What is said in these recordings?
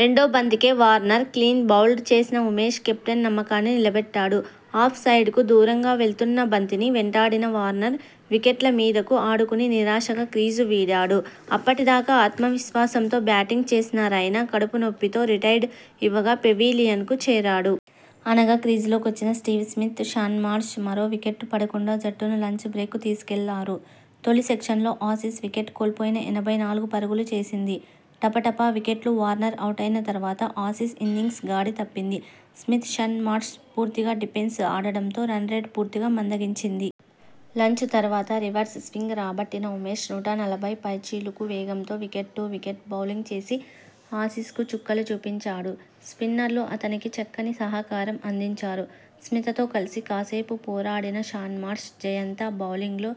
రెండో బంతికే వార్నర్ను క్లీన్బౌల్డ్ చేసిన ఉమేష్ కెప్టెన్ నమ్మకాన్ని నిలబెట్టాడు. ఆఫ్ సైడ్కు దూరంగా వెళ్తున్న బంతిని వెంటాడిన వార్నర్ వికెట్ల మీదకు ఆడుకుని నిరాశగా క్రీజు వీడాడు. అప్పటి దాకా ఆత్మవిశ్వాసంతో బ్యాటింగ్ చేసిన రైనా కడుపు నొప్పితో రిటైర్డ్ ఇవ్వగా పెవిలియన్కు చేరాడు. ఆనక క్రీజులో కొచ్చిన స్టీవ్ స్మిత్, షాన్ మార్ష్ మరో వికెట్ పడకుండా జట్టును లంచ్ బ్రేక్కు తీసుకెళ్లారు. తొలి సెషన్లో ఆసీస్ వికెట్ కోల్పోయి ఎనభై నాలుగు పరుగులు చేసింది. టపటపా వికెట్లు వార్నర్ అవుటైన తర్వాత ఆసీస్ ఇన్నింగ్స్ గాడి తప్పింది. స్మిత్, షాన్మార్ష్ పూర్తిగా డిఫెన్స్ ఆడడంతో రన్రేట్ పూర్తిగా మందగించింది. లంచ్ తర్వాత రివర్స్ స్వింగ్ రాబట్టిన ఉమేష్ నూట నలభై పైచిలుకు వేగంతో వికెట్ టు వికెట్ బౌలింగ్ చేసి ఆసీసుకు చుక్కలు చూపించాడు. స్పిన్నర్లు అతనికి చక్కని సహకారం అందించారు. స్మితతో కలిసి కాసేపు పోరాడిన షాన్ మార్ష్ జయంత బౌలింగ్లో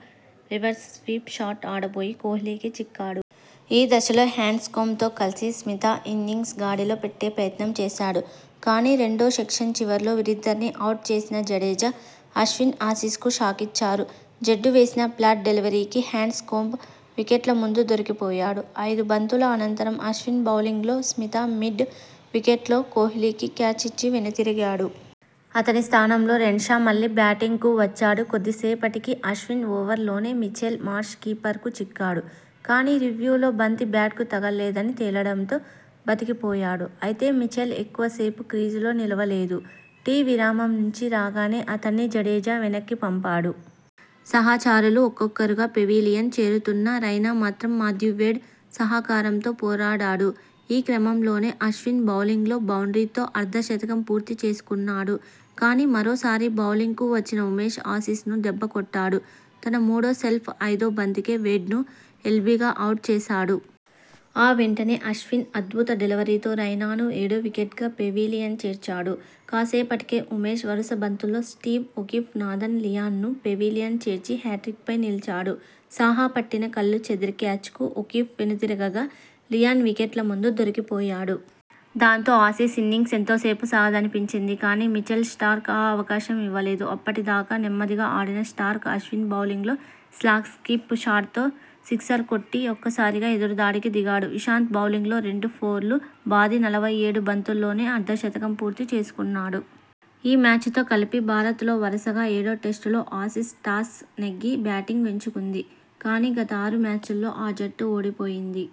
రివర్స్ స్వీప్ షాట్ ఆడబోయి కోహ్లీకి చిక్కాడు. ఈ దశలో హ్యాండ్స్కోంబ్తో కలిసి స్మిత ఇన్నింగ్స్ను గాడిలో పెట్టే ప్రయత్నం చేశాడు. కానీ, రెండో సెషన్ చివర్లో వీరిద్దరినీ అవుట్ చేసిన జడేజా, అశ్విన్ ఆసీసుకు షాకిచ్చారు. జడ్డూ వేసిన ఫ్లాట్ డెలివరీకి హ్యాండ్స్కోంబ్ వికెట్ల ముందు దొరికిపోయాడు. ఐదు బంతుల అనంతరం అశ్విన్ బౌలింగ్లో స్మిత మిడ్ వికెట్లో కోహ్లీకి క్యాచ్ ఇచ్చి వెనుదిరిగాడు. అతని స్థానంలో రెన్షా మళ్లీ బ్యాటింగ్కు వచ్చాడు. కొద్దిసేపటికి అశ్విన్ ఓవర్లోనే మిచెల్ మార్ష్ కీపర్కు చిక్కాడు. కానీ, రివ్యూలో బంతి బ్యాట్కు తగల్లేదని తేలడంతో బతికిపోయాడు. అయితే, మిచెల్ ఎక్కువ సేపు క్రీజులో నిలువలేదు. టి విరామం నుంచి రాగానే అతణ్ణి జడేజా వెనక్కిపంపాడు. సహచరులు ఒక్కొక్కరుగా పెవిలియన్ చేరుతున్నా రైనా మాత్రం మాథ్యూ వేడ్ సహకారంతో పోరాడాడు. ఈ క్రమంలోనే అశ్విన్ బౌలింగ్లో బౌండ్రీతో అర్ధ శతకం పూర్తి చేసుకున్నాడు. కానీ, మరోసారి బౌలింగ్కు వచ్చిన ఉమేష్ ఆసీసును దెబ్బకొట్టాడు. తన మూడో స్పెల్ ఐదో బంతికే వేడ్ను ఎల్బీగా అవుట్ చేశాడు. ఆ వెంటనే అశ్విన్ అద్భుత డెలివరీతో రైనా ను ఏడో వికెట్గా పెవిలియన్ చేర్చాడు. కాసేపటికే, ఉమేష్ వరుస బంతుల్లో స్టీవ్ ఒకీఫ్, నాథన్ లియాన్ ను పెవిలియన్ చేర్చి హ్యాట్రిక్పై నిలిచాడు. సాహా పట్టిన కళ్లు చెదిరే క్యాచ్కు ఒకీఫ్ వెనుదిరగగా, లియాన్ వికెట్ల ముందు దొరికిపోయాడు. దాంతో, ఆసీస్ ఇన్నింగ్స్ ఎంతోసేపు సాగదనిపించింది. కానీ, మిచెల్ స్టార్క్ ఆ అవకాశం ఇవ్వలేదు. అప్పటిదాకా నెమ్మదిగా ఆడిన స్టార్క్ అశ్విన్ బౌలింగ్లో స్లాగ్స్వీప్ షాట్తో సిక్సర్ కొట్టి ఒక్కసారిగా ఎదురుదాడికి దిగాడు. ఇషాంత బౌలింగ్లో రెండు ఫోర్లు బాది నలభై ఏడు బంతుల్లోనే అర్ధ శతకం పూర్తి చేసుకు న్నాడు. ఈ మ్యాచ్తో కలిపి భారత్ లో వరుసగా ఏడో టెస్టులో ఆసీస్ టాస్ నెగ్గి బ్యాటింగ్ ఎంచుకుంది. కానీ, గత ఆరు మ్యాచ్ల్లో ఆ జట్టు ఓడిపోయింది.